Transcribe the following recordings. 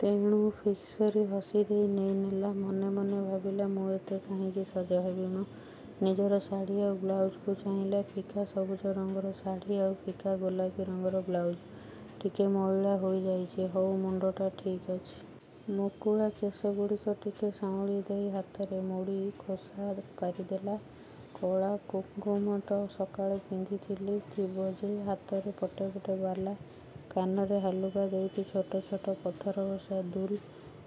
ତେଣୁ ଫିକ୍କରି ହସିଦେଇ ନେଇନେଲା। ମନେ ମନେ ଭାବିଲା ମୁଁ ଏତେ କାହିଁକି ସଜହେବି ମ! ନିଜର ଶାଢ଼ି ଆଉ ବ୍ଳାଉଜକୁ ଚାହିଁଲା। ଫିକା ସବୁଜ ରଙ୍ଗର ଶାଢ଼ି ଆଉ ଫିକା ଗୋଲାପୀ ରଙ୍ଗର ବ୍ଳାଉଜ୍। ଟିକେ ମଇଳା ହୋଇଯାଇଛି। ହଉ ମୁଣ୍ଡଟା? ଠିକ୍ ଅଛି। ମୁକୁଳା କେଶଗୁଡ଼ିକ ଟିକେ ସାଉଁଳି ଦେଇ ହାତରେ ମୋଡ଼ି ଖୋସା ପାରିଦେଲା। କଳା, କୁଙ୍କୁମ ତ ସକାଳେ ପିନ୍ଧିଥିଲି, ଥିବ ଯେ, ହାତରେ ପଟେ ପଟେ ବାଲା, କାନରେ ହାଲୁକା ଦୁଇଟି ଛୋଟ ଛୋଟ ପଥରବସା ଦୁଲ୍।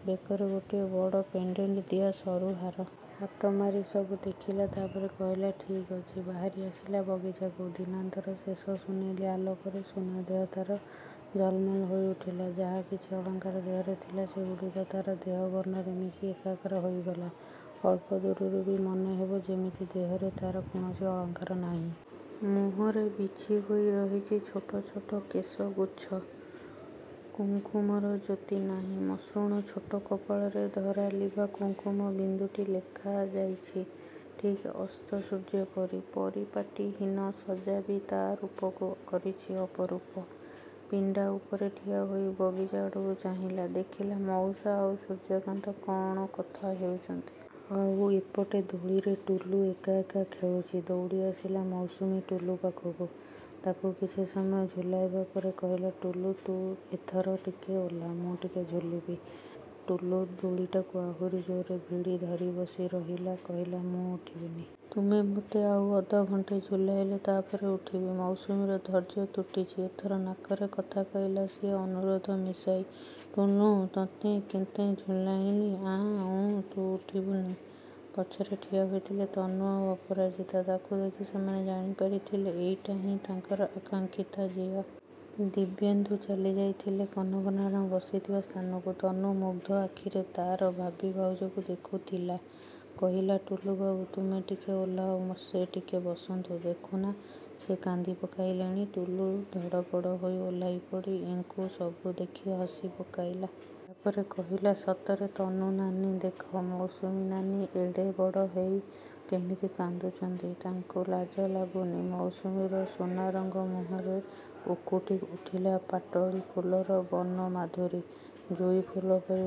ବେକରେ ଗୋଟିଏ ବଡ଼ ପେଣ୍ଡେଣ୍ଟ୍ ଦିଆ ସରୁ ହାର। ହାତ ମାରି ସବୁ ଦେଖିଲା। ତା'ପରେ କହିଲା ଠିକ୍ ଅଛି ବାହାରିଆସିଲା ବଗିଚାକୁ। ଦିନାନ୍ତର ଶେଷ ସୁନେଲି ଆଲୋକରେ ସୁନାଦେହ ତା'ର ଝଲ୍ମଲ୍ ହୋଇଉଠିଲା। ଯାହା କିଛି ଅଳଙ୍କାର ଦେହରେ ଥିଲା ସେଗୁଡ଼ିକ ତା'ର ଦେହ ବର୍ଣ୍ଣରେ ମିଶି ଏକାକାର ହୋଇଗଲା। ଅଳ୍ପ ଦୂରରୁ ବି ମନେହେବ ଯେମିତି ଦେହରେ ତା'ର କୌଣସି ଅଳଙ୍କାର ନାହିଁ। ମୁହଁରେ ବିଛିହୋଇ ରହିଛି ଛୋଟ ଛୋଟ କେଶଗୁଚ୍ଛ। କୁଙ୍କୁମର ଜ୍ୟୋତି ନାହିଁ। ମସୃଣ ଛୋଟ କପାଳରେ ଧରାଲିଭା କୁଙ୍କୁମ ବିନ୍ଦୁଟି ଦେଖାଯାଉଛି ଠିକ୍ ଅସ୍ତସୂର୍ଯ୍ୟପରି। ପରିପାଟୀ ହୀନ ସଜ୍ଜା ବି ତା' ରୂପକୁ କରିଛି ଅପରୂପ। ପିଣ୍ଡା ଉପରେ ଠିଆହୋଇ ବଗିଚାଆଡ଼କୁ ଚାହିଁଲା, ଦେଖିଲା ମଉସା ଆଉ ସୂର୍ଯ୍ୟକାନ୍ତ କ'ଣ କଥା ହେଉଛନ୍ତି। ଆଉ ଏପଟେ ଦୋଳିରେ ଟୁଲୁ ଏକା ଏକା ଖେଳୁଛି। ଦୌଡ଼ିଆସିଲା ମୌସୁମୀ ଟୁଲୁ ପାଖକୁ। ତାକୁ କିଛି ସମୟ ଝୁଲାଇବା ପରେ କହିଲା ଟୁଲୁ, ତୁ ଏଥର ଟିକେ ଓହ୍ଳା, ମୁଁ ଟିକେ ଝୁଲିବି। ଟୁଲୁ ଦୋଳିଟାକୁ ଆହୁରି ଜୋରରେ ଭିଡ଼ି ଧରି ବସି ରହି କହିଲା ମୁଁ ଉଠିବିନି। ତୁମେ ମୋତେ ଆଉ ଅଧଘଣ୍ଟେ ଝୁଲାଇଲେ, ତାପରେ ଉଠିବି। ମୌସୁମୀର ଧୈର୍ଯ୍ୟ ତୁଟିଛି। ଏଥର ନାକରେ କଥା କହିଲା ସିଏ ଅନୁରୋଧ ମିଶାଇ ଟୁଲୁଁ, ତତେଁ କେଁତେ ଝୁଲାଇଲି, ଆଁ ଉଁ ତୁଁ ଉଠିବୁଁନି। ପଛରେ ଠିଆ ହୋଇଥିଲେ ତନୁ ଆଉ ଅପରାଜିତା। ତାକୁ ଦେଖି ସେମାନେ ଜାଣିପାରିଥିଲେ ଏଇଟିହିଁ ତାଙ୍କର ଆକାଙ୍କ୍ଷିତା ଝିଅ। ଦିବ୍ୟେନ୍ଦୁ ଚାଲିଯାଇଥିଲେ କନକ ନାରାୟଣ ବସିଥିବା ସ୍ଥାନକୁ। ତନୁ ମୁଗ୍ଧ ଆଖିରେ ତା'ର ଭାବି ଭାଉଜକୁ ଦେଖୁଥିଲା। କହିଲା, ଟୁଲୁବାବୁ ତୁମେ ଟିକେ ଓହ୍ଳାଅ। ସେ ଟିକେ ବସନ୍ତୁ। ଦେଖୁନା, ସେ କାନ୍ଦି ପକାଇଲେଣି। ଟୁଲୁ ଧଡ଼ପଡ଼ ହୋଇ ଓହ୍ଳାଇପଡ଼ି ଏଙ୍କୁ ସବୁ ଦେଖି ହସି ପକାଇଲା। ତାପରେ କହିଲା ସତରେ ତନୁ ନାନୀ ଦେଖ, ମୌସୁମୀ ନାନୀ ଏଡ଼େବଡ଼ ହୋଇ କେମିତି କାନ୍ଦୁଛନ୍ତି। ତାଙ୍କୁ ଲାଜ ଲାଗୁନି। ମୌସୁମୀର ସୁନା ରଙ୍ଗ ମୁହଁରେ ଉକୁଟି ଉଠିଲା ପାଟଳି ଫୁଲର ବର୍ଣ୍ଣମାଧୁରୀ। ଜୁଇ ଫୁଲ ପରି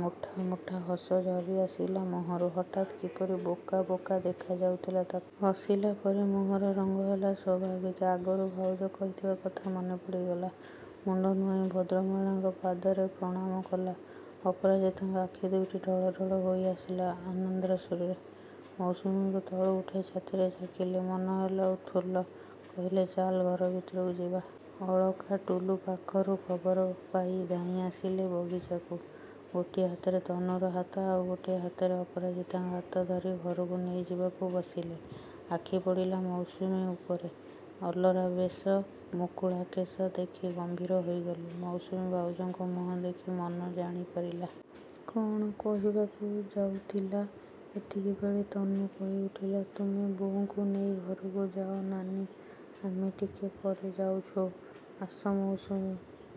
ମୁଠା ମୁଠା ହସ ଝରିଆସିଲା ମୁହଁରୁ। ହଠାତ୍ କିପରି ବୋକା ବୋକା ଦେଖାଯାଉଥିଲା ତାକୁ। ହସିଲା ପରେ ମୁହଁର ରଙ୍ଗ ହେଲା ସ୍ୱାଭାବିକ। ଆଗରୁ ଭାଉଜ କହିଥିବା କଥା ମନେପଡ଼ିଗଲା। ମୁଣ୍ଡ ନୁଆଇଁ ଭଦ୍ରମହିଳାଙ୍କ ପାଦରେ ପ୍ରଣାମ କଲା। ଅପରାଜିତାଙ୍କ ଆଖିଦୁଇଟି ଢଳ ଢଳ ହୋଇଆସିଲା ଆନନ୍ଦାଶ୍ରୁରେ। ମୌସୁମୀକୁ ତଳୁ ଉଠାଇ ଛାତିରେ ଜାକିଲେ। ମନହେଲା ଉତ୍ଫୁଲ୍ଲ। କହିଲେ ଚାଲ୍ ଘର ଭିତରକୁ ଯିବା। ଅଳକା ଟୁଲୁ ପାଖରୁ ଖବର ପାଇ ଧାଇଁଆସିଲେ ବଗିଚାକୁ। ଗୋଟିଏ ହାତରେ ତନୁର ହାତ ଆଉ ଗୋଟିଏ ହାତରେ ଅପରାଜିତାଙ୍କ ହାତ ଧରି ଘରକୁ ନେଇଯିବାକୁ ବସିଲେ। ଆଖିପଡ଼ିଲା ମୌସୁମୀ ଉପରେ। ଅଲରା ବେଶ, ମୁକୁଳା କେଶ ଦେଖି ଗମ୍ଭୀର ହୋଇଗଲେ। ମୌସୁମୀ ଭାଉଜଙ୍କ ମୁହଁ ଦେଖି ମନ ଜାଣିପାରିଲା। କ'ଣ କହିବାକୁ ଯାଉଥିଲା। ଏତିକିବେଳେ ତନୁ କହିଉଠିଲା–ତୁମେ ବୋଉଙ୍କୁ ନେଇ ଘରକୁ ଯାଅ ନାନୀ, ଆମେ ଟିକେ ପରେ ଯାଉଛୁ। ଆସ ମୌସୁମୀ,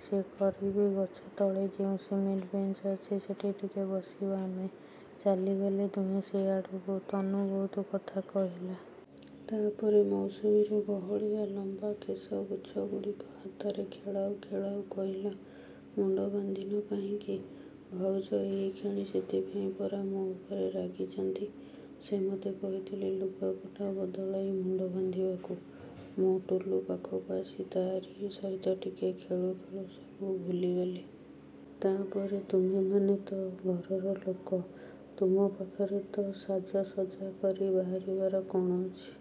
ସେ କରବୀ ଗଛ ତଳେ ଯେଉଁ ସିମେଣ୍ଟ ବେଞ୍ଚ ଅଛି, ସେଠି ଟିକେ ବସିବା ଆମେ। ଚାଲିଗଲେ ଦୁହେଁ ସେଆଡ଼କୁ। ତନୁ ବହୁତ କଥା କହିଲା। ତାପରେ ମୌସୁମୀର ଗହଳିଆ ଲମ୍ବା କେଶଗୁଚ୍ଛଗୁଡ଼ିକ ହାତରେ ଖେଳାଉ ଖେଳାଉ କହିଲା ମୁଣ୍ଡ ବାନ୍ଧିନ କାହିଁକି? ଭାଉଜ ଏହିକ୍ଷଣି ସେଥିପାଇଁ ପରା ମୋ ଉପରେ ରାଗିଛନ୍ତି। ସେ ମୋତେ କହିଥିଲେ ଲୁଗାପଟା ବଦଳାଇ ମୁଣ୍ଡ ବାନ୍ଧିବାକୁ। ମୁଁ ଟୁଲୁ ପାଖକୁ ଆସି ତାରି ସହିତ ଟିକେ ଖେଳୁ ଖେଳୁ ସବୁ ଭୁଲିଗଲି। ତାପରେ, ତୁମେମାନେ ତ। ଘରର ଲୋକ। ତୁମ ପାଖରେ ତ ସାଜସଜ୍ଜା କରି ବାହାରିବାର କ'ଣ ଅଛି।